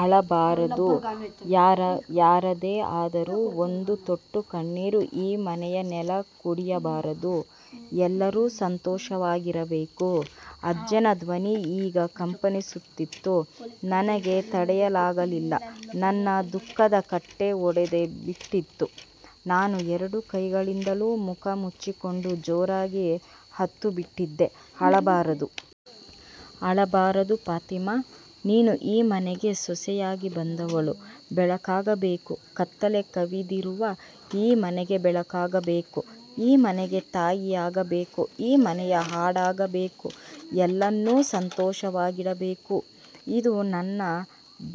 ಅಳಬಾರದು, ಯಾರದೇ ಆದರೂ ಒಂದು ತೊಟ್ಟು ಕಣ್ಣೀರು ಈ ಮನೆಯ ನೆಲ ಕುಡಿಯಬಾರದು. ಎಲ್ಲರೂ ಸಂತೋಷವಾಗಿರಬೇಕು. '' ಅಜ್ಜನ ಧ್ವನಿ ಈಗ ಕಂಪಿಸುತ್ತಿತ್ತು. ನನಗೆ ತಡೆಯಲಾಗಲಿಲ್ಲ. ನನ್ನ ದುಃಖದ ಕಟ್ಟೆ ಒಡೆದೇ ಬಿಟ್ಟಿತ್ತು. ನಾನು ಎರಡು ಕೈಗಳಿಂದಲೂ ಮುಖ ಮುಚ್ಚಿಕೊಂಡು ಜೋರಾಗಿ ಅತ್ತು ಬಿಟ್ಟಿದ್ದೆ. ''ಅಳಬಾರದು. ಅಳಬಾರದು ಪ್ರತಿಮಾ. ನೀನು ಈ ಮನೆಗೆ ಸೊಸೆಯಾಗಿ ಬಂದವಳು. ಬೆಳಕಾಗಬೇಕು. ಕತ್ತಲೆ ಕವಿದಿರುವ ಈ ಮನೆಗೆ ಬೆಳಕಾಗಬೇಕು. ಈ ಮನೆಗೆ ತಾಯಿಯಾಗಬೇಕು. ಈ ಮನೆಯ ಹಾಡಾಗಬೇಕು. ಎಲ್ಲರನ್ನೂ ಸಂತೋಷವಾಗಿಡಬೇಕು. ಇದು ನನ್ನ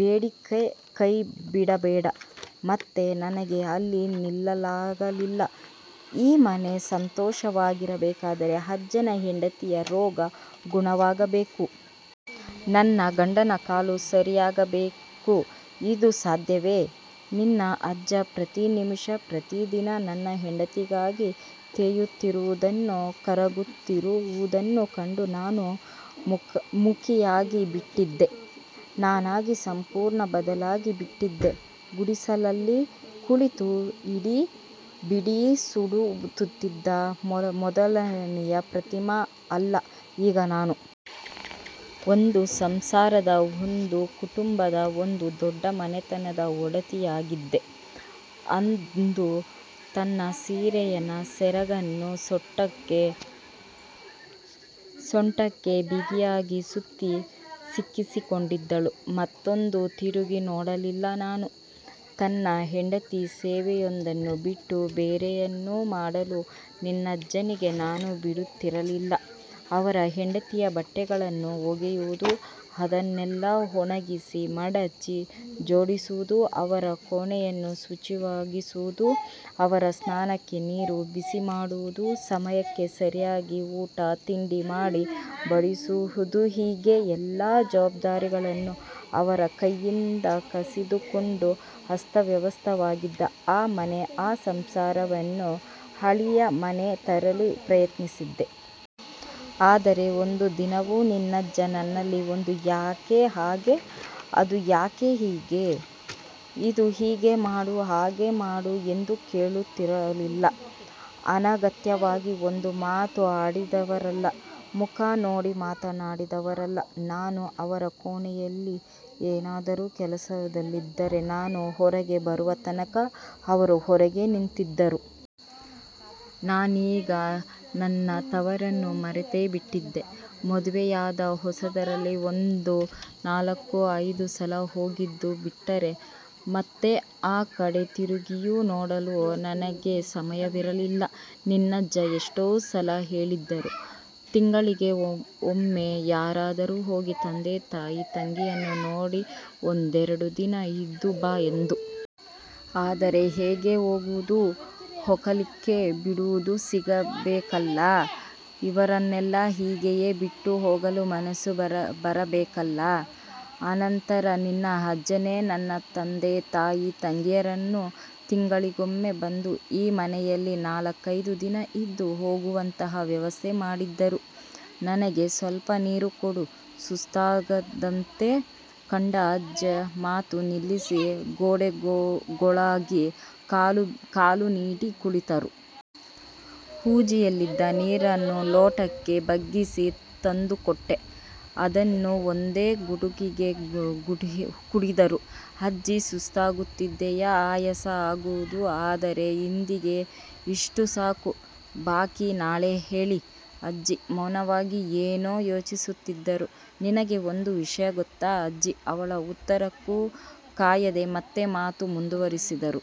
ಬೇಡಿಕೆಕೈಬಿಡಬೇಡ'' ಮತ್ತೆ ನನಗೆ ಅಲ್ಲಿ ನಿಲ್ಲಲಾಗಲಿಲ್ಲ. ಈ ಮನೆ ಸಂತೋಷವಾಗಿರಬೇಕಾದರೆ ಅಜ್ಜನ ಹೆಂಡತಿಯ ರೋಗ ಗುಣವಾಗಬೇಕು. ನನ್ನ ಗಂಡನ ಕಾಲು ಸರಿಯಾಗಬೇಕುಇದು ಸಾಧ್ಯವೇ. ನಿನ್ನ ಅಜ್ಜ ಪ್ರತಿ ನಿಮಿಷ, ಪ್ರತಿ ದಿನ ತನ್ನ ಹೆಂಡತಿಗಾಗಿ ತೇಯುತ್ತಿರುವುದನ್ನು, ಕರಗುತ್ತಿರು ವುದನ್ನು ಕಂಡು ನಾನು ಮೂಕಿಯಾಗಿ ಬಿಟ್ಟಿದ್ದೆ. ನಾನಾಗ ಸಂಪೂರ್ಣ ಬದಲಾಗಿ ಬಿಟ್ಟಿದ್ದೆ. ಗುಡಿಸಲಲ್ಲಿ ಕುಳಿತು ಬೀಡಿ ಸುರುಟುತ್ತಿದ್ದ ಮೊದಲಿನ ಪ್ರತಿಮಾ ಅಲ್ಲ ಈಗ ನಾನು. ಒಂದು ಸಂಸಾರದ, ಒಂದು ಕುಟುಂಬದ, ಒಂದು ದೊಡ್ಡ ಮನೆತನದ ಒಡತಿಯಾಗಿದ್ದೆ. ಅಂದು ತನ್ನ ಸೀರೆಯ ಸೆರಗನ್ನು ಸೊಂಟಕ್ಕೆ ಬಿಗಿಯಾಗಿ ಸುತ್ತಿ ಸಿಕ್ಕಿಸಿಕೊಂಡವಳು ಮತ್ತೆಂದೂ ತಿರುಗಿ ನೋಡಲಿಲ್ಲ ನಾನು. ತನ್ನ ಹೆಂಡತಿಯ ಸೇವೆಯೊಂದನ್ನು ಬಿಟ್ಟು ಬೇರೇನನ್ನೂ ಮಾಡಲು ನಿನ್ನಜ್ಜನಿಗೆ ನಾನು ಬಿಡುತ್ತಿರಲಿಲ್ಲ. ಅವರ ಹೆಂಡತಿಯ ಬಟ್ಟೆಗಳನ್ನು ಒಗೆಯುವುದು, ಅದನ್ನೆಲ್ಲ ಒಣಗಿಸಿ, ಮಡಚಿ ಜೋಡಿಸಿಡುವುದು, ಅವರ ಕೋಣೆಯನ್ನು ಶುಚಿಯಾಗಿಡುವುದು, ಅವರ ಸ್ನಾನಕ್ಕೆ ನೀರು ಬಿಸಿ ಮಾಡುವುದು, ಸಮಯಕ್ಕೆ ಸರಿಯಾಗಿ ಊಟ ತಿಂಡಿ ಮಾಡಿ ಬಡಿಸುವುದುಹೀಗೆ ಎಲ್ಲ ಜವಾಬ್ದಾರಿಗಳನ್ನೂ ಅವರ ಕೈಯಿಂದ ಕಸಿದುಕೊಂಡು ಅಸ್ತವ್ಯಸ್ತವಾಗಿದ್ದ ಆ ಮನೆ, ಆ ಸಂಸಾರವನ್ನು ಹಳಿಯ ಮೇಲೆ ತರಲು ಪ್ರಯತ್ನಿಸಿದ್ದೆ. ಆದರೆ ಒಂದು ದಿನವೂ ನಿನ್ನಜ್ಜ ನನ್ನಲ್ಲಿ ಅದು ಯಾಕೆ ಹಾಗೆ, ಅದು ಯಾಕೆ ಹೀಗೆ. ಇದು ಹೀಗೆ ಮಾಡು- ಹಾಗೆ ಮಾಡು ಎಂದು ಹೇಳಿದವರಲ್ಲ. ಅನಗತ್ಯವಾಗಿ ಒಂದು ಮಾತೂ ಆಡಿದವರಲ್ಲ. ಮುಖ ನೋಡಿ ಮಾತನಾಡಿದವರಲ್ಲ. ನಾನು ಅವರ ಕೋಣೆಯಲ್ಲಿ ಏನಾದರೂ ಕೆಲಸದಲ್ಲಿದ್ದರೆ ನಾನು ಹೊರಗೆ ಬರುವ ತನಕ ಅವರು ಹೊರಗೇ ನಿಂತಿರುತ್ತಿದ್ದರು. ನಾನೀಗ ನನ್ನ ತವರನ್ನು ಮರೆತೇ ಬಿಟ್ಟಿದ್ದೆ. ಮದುವೆಯಾದ ಹೊಸತರಲ್ಲಿ ಒಂದು ನಾಲ್ಕು-ಐದು ಸಲ ಹೋಗಿದ್ದು ಬಿಟ್ಟರೆ ಮತ್ತೆ ಆ ಕಡೆ ತಿರುಗಿಯೂ ನೋಡಲು ನನಗೆ ಸಮಯವಿರಲಿಲ್ಲ. ನಿನ್ನಜ್ಜ ಎಷ್ಟೋ ಸಲ ಹೇಳಿದ್ದರು. ತಿಂಗಳಿಗೆ ಒಮ್ಮೆಯಾದರೂ ಹೋಗಿ ತಂದೆ-ತಾಯಿ-ತಂಗಿಯನ್ನು ನೋಡಿ ಒಂದೆರಡು ದಿನ ಇದ್ದು ಬಾ ಎಂದು. ಆದರೆ ಹೇಗೆ ಹೋಗುವುದು, ಹೋಗಲಿಕ್ಕೆ ಬಿಡುವು ಸಿಗಬೇಕಲ್ಲ. ಇವರನ್ನೆಲ್ಲ ಹೀಗೆಯೇ ಬಿಟ್ಟು ಹೋಗಲು ಮನಸ್ಸು ಬರಬೇಕಲ್ಲ. ಅನಂತರ ನಿನ್ನ ಅಜ್ಜನೇ ನನ್ನ ತಂದೆ-ತಾಯಿ ತಂಗಿಯರನ್ನು ತಿಂಗಳಿಗೊಮ್ಮೆ ಬಂದು ಈ ಮನೆಯಲ್ಲಿ ನಾಲ್ಕೆದು ದಿನ ಇದ್ದು ಹೋಗುವಂತಹ ವ್ಯವಸ್ಥೆ ಮಾಡಿದ್ದರು. ''ನನಗೆ ಸ್ವಲ್ಪನೀರು ಕೊಡು'' ಸುಸ್ತಾದವರಂತೆ ಕಂಡ ಅಜ್ಜಿ ಮಾತು ನಿಲ್ಲಿಸಿ ಗೋಡೆಗೊರಗಿ ಕಾಲು ನೀಟಿ ಕುಳಿತರು. ಹೂಜಿಯಲ್ಲಿದ್ದ ನೀರನ್ನು ಲೋಟಕ್ಕೆ ಬಗ್ಗಿಸಿ ತಂದುಕೊಟ್ಟೆ. ಅದನ್ನು ಒಂದೇ ಗುಟುಕಿಗೆ ಕುಡಿದರು. ''ಅಜ್ಜಿ, ಸುಸ್ತಾಗುತ್ತಿದೆಯಾ? ಆಯಾಸ ಆಗುವು ದಾದರೆ ಇಂದಿಗೆ ಇಷ್ಟು ಸಾಕು. ಬಾಕಿ ನಾಳೆ ಹೇಳಿ'' ಅಜ್ಜಿ ಮೌನವಾಗಿ ಏನೋ ಯೋಚಿಸುತ್ತಿದ್ದರು. ''ನಿನಗೆ ಒಂದು ವಿಷಯ ಗೊತ್ತಾ'' ಅಜ್ಜಿ ಅವಳ ಉತ್ತರಕ್ಕೂ ಕಾಯದೆ ಮತ್ತೆ ಮಾತು ಮುಂದುವರಿಸಿದರು.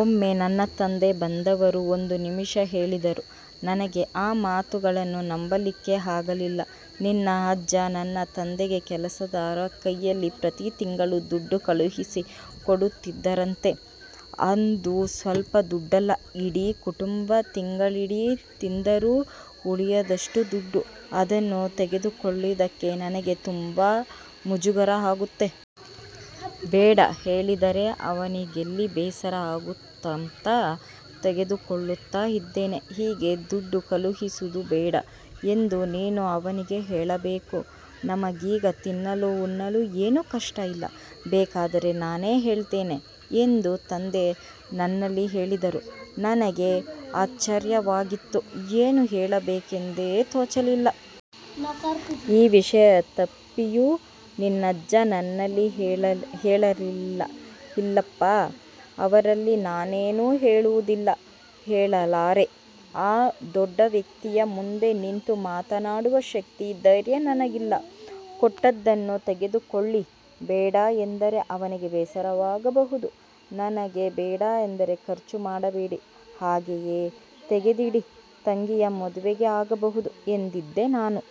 ಒಮ್ಮೆ ನನ್ನ ತಂದೆ ಬಂದವರು ಒಂದು ವಿಷಯ ಹೇಳಿದರು. ನನಗೆ ಆ ಮಾತನ್ನು ನಂಬಲಿಕ್ಕೆ ಆಗಲಿಲ್ಲ. ನಿನ್ನ ಅಜ್ಜ ನನ್ನ ತಂದೆಗೆ ಕೆಲಸದವರ ಕೈಯಲ್ಲಿ ಪ್ರತಿ ತಿಂಗಳೂ ದುಡ್ಡು ಕಳುಹಿಸಿ ಕೊಡುತ್ತಿದ್ದರಂತೆ. ಅದೂ ಸ್ವಲ್ಪದುಡ್ಡಲ್ಲ ಇಡೀ ಕುಟುಂಬ ತಿಂಗಳಿಡೀ ತಿಂದರೂ ಉಳಿಯುವಷ್ಟು ದುಡ್ಡು! ''ಅದನ್ನು ತೆಗೆದುಕೊಳ್ಳಲಿಕ್ಕೆ ನನಗೆ ತುಂಬಾ ಮುಜುಗರ ಆಗುತ್ತೆ. ಬೇಡ ಹೇಳಿದರೆ ಅವನಿಗೆಲ್ಲಿ ಬೇಸರ ಆಗುತ್ತಾಂತ ತೆಗೆದುಕೊಳ್ಳುತ್ತಾ ಇದ್ದೇನೆ. ಹೀಗೆ ದುಡ್ಡು ಕಳುಹಿಸುವುದು ಬೇಡ ಎಂದು ನೀನು ಅವನಿಗೆ ಹೇಳಬೇಕು. ನಮಗೀಗ ತಿನ್ನಲು ಉಣ್ಣಲು ಏನೂ ಕಷ್ಟ ಇಲ್ಲ. ಬೇಕಾದರೆ ನಾನೇ ಕೇಳ್ತೇನೆ'' ಎಂದು ತಂದೆ ನನ್ನಲ್ಲಿ ಹೇಳಿದರು. ನನಗೆ ಆಶ್ಚರ್ಯವಾಗಿತ್ತು. ಏನು ಹೇಳಬೇಕೆಂದೇ ತೋಚಲಿಲ್ಲ. ಈ ವಿಷಯ ತಪ್ಪಿಯೂ ನಿನ್ನಜ್ಜ ನನ್ನಲ್ಲಿ ಹೇಳಿರಲಿಲ್ಲ. ''ಇಲ್ಲಪ್ಪ, ಅವರಲ್ಲಿ ನಾನೇನೂ ಹೇಳುವುದಿಲ್ಲ. ಹೇಳಲಾರೆ. ಆ ದೊಡ್ಡವ್ಯಕ್ತಿಯ ಮುಂದೆ ನಿಂತು ಮಾತನಾಡುವ ಶಕ್ತಿ, ಧೈರ್ಯ ನನಗಿಲ್ಲ. ಕೊಟ್ಟದ್ದನ್ನು ತೆಗೆದುಕೊಳ್ಳಿ. ಬೇಡ ಎಂದರೆ ಅವರಿಗೆ ಬೇಸರವಾಗಬಹುದು. ನಿಮಗೆ ಬೇಡ ಎಂದರೆ ಖರ್ಚು ಮಾಡಬೇಡಿ. ಹಾಗೆಯೇ ತೆಗೆದಿಡಿ. ತಂಗಿಯ ಮದುವೆಗೆ ಆಗಬಹುದು'' ಎಂದಿದ್ದೆ ನಾನು.